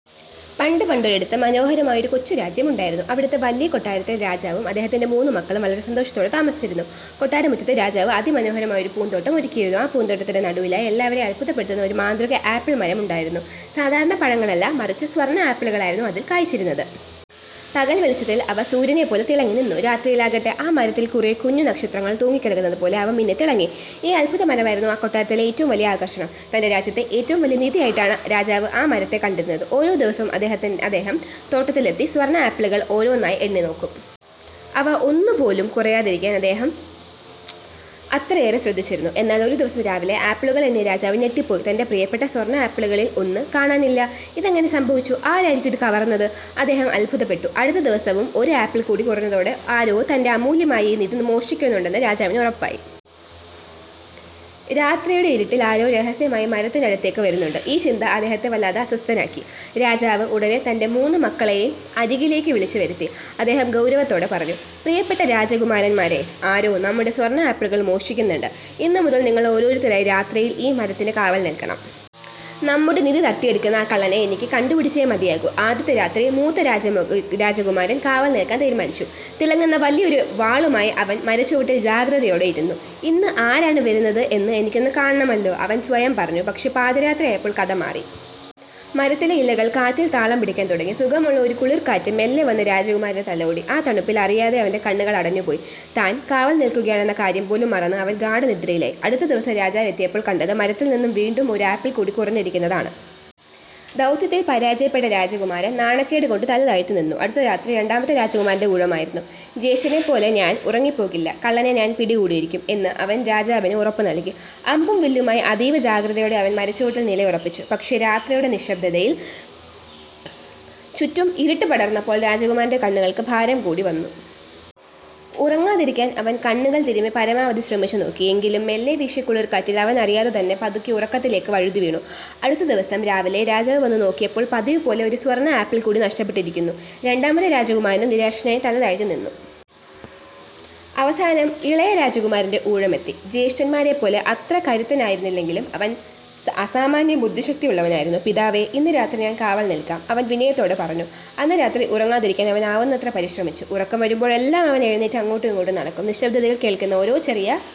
പണ്ട് പണ്ടൊരിടത്ത് മനോഹരമായ ഒരു കൊച്ചു രാജ്യമുണ്ടായിരുന്നു. അവിടത്തെ വലിയ കൊട്ടാരത്തിൽ രാജാവും അദ്ദേഹത്തിന്റെ മൂന്ന് മക്കളും വളരെ സന്തോഷത്തോടെ താമസിച്ചിരുന്നു. കൊട്ടാരമുറ്റത്ത് രാജാവ് അതിമനോഹരമായ ഒരു പൂന്തോട്ടം ഒരുക്കിയിരുന്നു. ആ പൂന്തോട്ടത്തിന്റെ നടുവിലായി എല്ലാവരെയും അത്ഭുതപ്പെടുത്തുന്ന ഒരു മാന്ത്രിക ആപ്പിൾ മരം ഉണ്ടായിരുന്നു. സാധാരണ പഴങ്ങളല്ല, മറിച്ചു സ്വർണ ആപ്പിളുകളായിരുന്നു അതിൽ കായ്ച്ചിരുന്നത്. പകൽ വെളിച്ചത്തിൽ അവ സൂര്യനെപ്പോലെ തിളങ്ങിനിന്നു. രാത്രിയിലാകട്ടെ, ആ മരത്തിൽ കുറെ കുഞ്ഞു നക്ഷത്രങ്ങൾ തൂങ്ങിക്കിടക്കുന്നത് പോലെ അവ മിന്നിത്തിളങ്ങി. ഈ അത്ഭുത മരമായിരുന്നു ആ കൊട്ടാരത്തിലെ ഏറ്റവും വലിയ ആകർഷണം. തന്റെ രാജ്യത്തെ ഏറ്റവും വലിയ നിധിയായിട്ടാണ് രാജാവ് ആ മരത്തെ കണ്ടിരുന്നത്. ഓരോ ദിവസവും അദ്ദേഹം അദ്ദേഹം തോട്ടത്തിലെത്തി സ്വർണ ആപ്പിളുകൾ ഓരോന്നായി എണ്ണി നോക്കും. അവ ഒന്നുപോലും കുറയാതിരിക്കാൻ അദ്ദേഹം അത്രയേറെ ശ്രദ്ധിച്ചിരുന്നു. എന്നാൽ ഒരു ദിവസം രാവിലെ ആപ്പിളുകൾ എണ്ണിയ രാജാവ് ഞെട്ടിപ്പോയി! തന്റെ പ്രിയപ്പെട്ട സ്വർണ ആപ്പിളുകളിൽ ഒന്ന് കാണാനില്ല. "ഇതെങ്ങനെ സംഭവിച്ചു? ആരായിരിക്കും ഇത് കവർന്നത്? " അദ്ദേഹം അത്ഭുതപ്പെട്ടു. അടുത്ത ദിവസവും ഒരു ആപ്പിൾ കൂടി കുറഞ്ഞതോടെ, ആരോ തന്റെ അമൂല്യമായ ഈ നിധി മോഷ്ടിക്കുന്നുണ്ടെന്ന് രാജാവിന് ഉറപ്പായി. 'രാത്രിയുടെ ഇരുട്ടിൽ ആരോ രഹസ്യമായി മരത്തിനടുത്തേക്ക് വരുന്നുണ്ട്. ' ഈ ചിന്ത അദ്ദേഹത്തെ വല്ലാതെ അസ്വസ്ഥനാക്കി. രാജാവ് ഉടനെ തന്റെ മൂന്ന് മക്കളെയും അരികിലേക്ക് വിളിച്ചു വരുത്തി. അദ്ദേഹം ഗൗരവത്തോടെ പറഞ്ഞു: "പ്രിയപ്പെട്ട രാജകുമാരന്മാരേ, ആരോ നമ്മുടെ സ്വർണ ആപ്പിളുകൾ മോഷ്ടിക്കുന്നുണ്ട്. ഇന്ന് മുതൽ നിങ്ങൾ ഓരോരുത്തരായി രാത്രിയിൽ ഈ മരത്തിന് കാവൽ നിൽക്കണം. നമ്മുടെ നിധി തട്ടിയെടുക്കുന്ന ആ കള്ളനെ എനിക്ക് കണ്ടുപിടിച്ചേ മതിയാകൂ! " ആദ്യത്തെ രാത്രി മൂത്ത രാജ രാജകുമാരൻ കാവൽ നിൽക്കാൻ തീരുമാനിച്ചു. തിളങ്ങുന്ന വലിയൊരു വാളുമായി അവൻ മരച്ചുവട്ടിൽ ജാഗ്രതയോടെ ഇരുന്നു. "ഇന്ന് ആരാണ് വരുന്നതെന്ന് എനിക്കൊന്ന് കാണണമല്ലോ! " അവൻ സ്വയം പറഞ്ഞു. പക്ഷേ, പാതിരാത്രിയായപ്പോൾ കഥ മാറി. മരത്തിലെ ഇലകൾ കാറ്റിൽ താളം പിടിക്കാൻ തുടങ്ങി. സുഖമുള്ള ഒരു കുളിർക്കാറ്റ് മെല്ലെ വന്ന് രാജകുമാരനെ തലോടി. ആ തണുപ്പിൽ അറിയാതെ അവന്റെ കണ്ണുകൾ അടഞ്ഞു പോയി. താൻ കാവൽ നിൽക്കുകയാണെന്ന കാര്യം പോലും മറന്ന് അവൻ ഗാഢനിദ്രയിലായി. അടുത്ത ദിവസം രാജാവ് എത്തിയപ്പോൾ കണ്ടത് മരത്തിൽ നിന്ന് വീണ്ടും ഒരു ആപ്പിൾ കൂടി കുറഞ്ഞിരിക്കുന്നതാണ്! ദൗത്യത്തിൽ പരാജയപ്പെട്ട രാജകുമാരൻ നാണക്കേട് കൊണ്ട് തല താഴ്ത്തി നിന്നു. അടുത്ത രാത്രി രണ്ടാമത്തെ രാജകുമാരന്റെ ഊഴമായിരുന്നു. "ജ്യേഷ്ഠനെപ്പോലെ ഞാൻ ഉറങ്ങിപ്പോകില്ല, കള്ളനെ ഞാൻ പിടികൂടിയിരിക്കും! " എന്ന് അവൻ രാജാവിന് ഉറപ്പുനൽകി. അമ്പും വില്ലുമായി അതീവ ജാഗ്രതയോടെ അവൻ മരച്ചുവട്ടിൽ നിലയുറപ്പിച്ചു. പക്ഷേ, രാത്രിയുടെ നിശബ്ദതയിൽ ചുറ്റും ഇരുട്ടു പടർന്നപ്പോൾ രാജകുമാരന്റെ കണ്ണുകൾക്ക് ഭാരം കൂടി വന്നു. ഉറങ്ങാതിരിക്കാൻ അവൻ കണ്ണുകൾ തിരുമ്മി പരമാവധി ശ്രമിച്ചു നോക്കി. എങ്കിലും മെല്ലെ വീശിയ കുളിർക്കാറ്റിൽ അവനറിയാതെ തന്നെ പതുക്കെ ഉറക്കത്തിലേക്ക് വഴുതിവീണു. അടുത്ത ദിവസം രാവിലെ രാജാവ് വന്നു നോക്കിയപ്പോൾ പതിവുപോലെ ഒരു സ്വർണ ആപ്പിൾ കൂടി നഷ്ടപ്പെട്ടിരിക്കുന്നു! രണ്ടാമത്തെ രാജകുമാരനും നിരാശനായി തല താഴ്ത്തി നിന്നു. അവസാനം ഇളയ രാജകുമാരന്റെ ഊഴമെത്തി. ജ്യേഷ്ഠന്മാരെപ്പോലെ അത്ര കരുത്തനായിരുന്നില്ലെങ്കിലും, അവൻ അസാമാന്യ ബുദ്ധിശക്തിയുള്ളവനായിരുന്നു. "പിതാവേ, ഇന്ന് രാത്രി ഞാൻ കാവൽ നിൽക്കാം. " അവൻ വിനയത്തോടെ പറഞ്ഞു. അന്ന് രാത്രി ഉറങ്ങാതിരിക്കാൻ അവൻ ആവുന്നത്ര പരിശ്രമിച്ചു. ഉറക്കം വരുമ്പോഴെല്ലാം അവൻ എഴുന്നേറ്റ് അങ്ങോട്ടും ഇങ്ങോട്ടും നടക്കും. നിശബ്ദതയിൽ കേൾക്കുന്ന ഓരോ ചെറിയ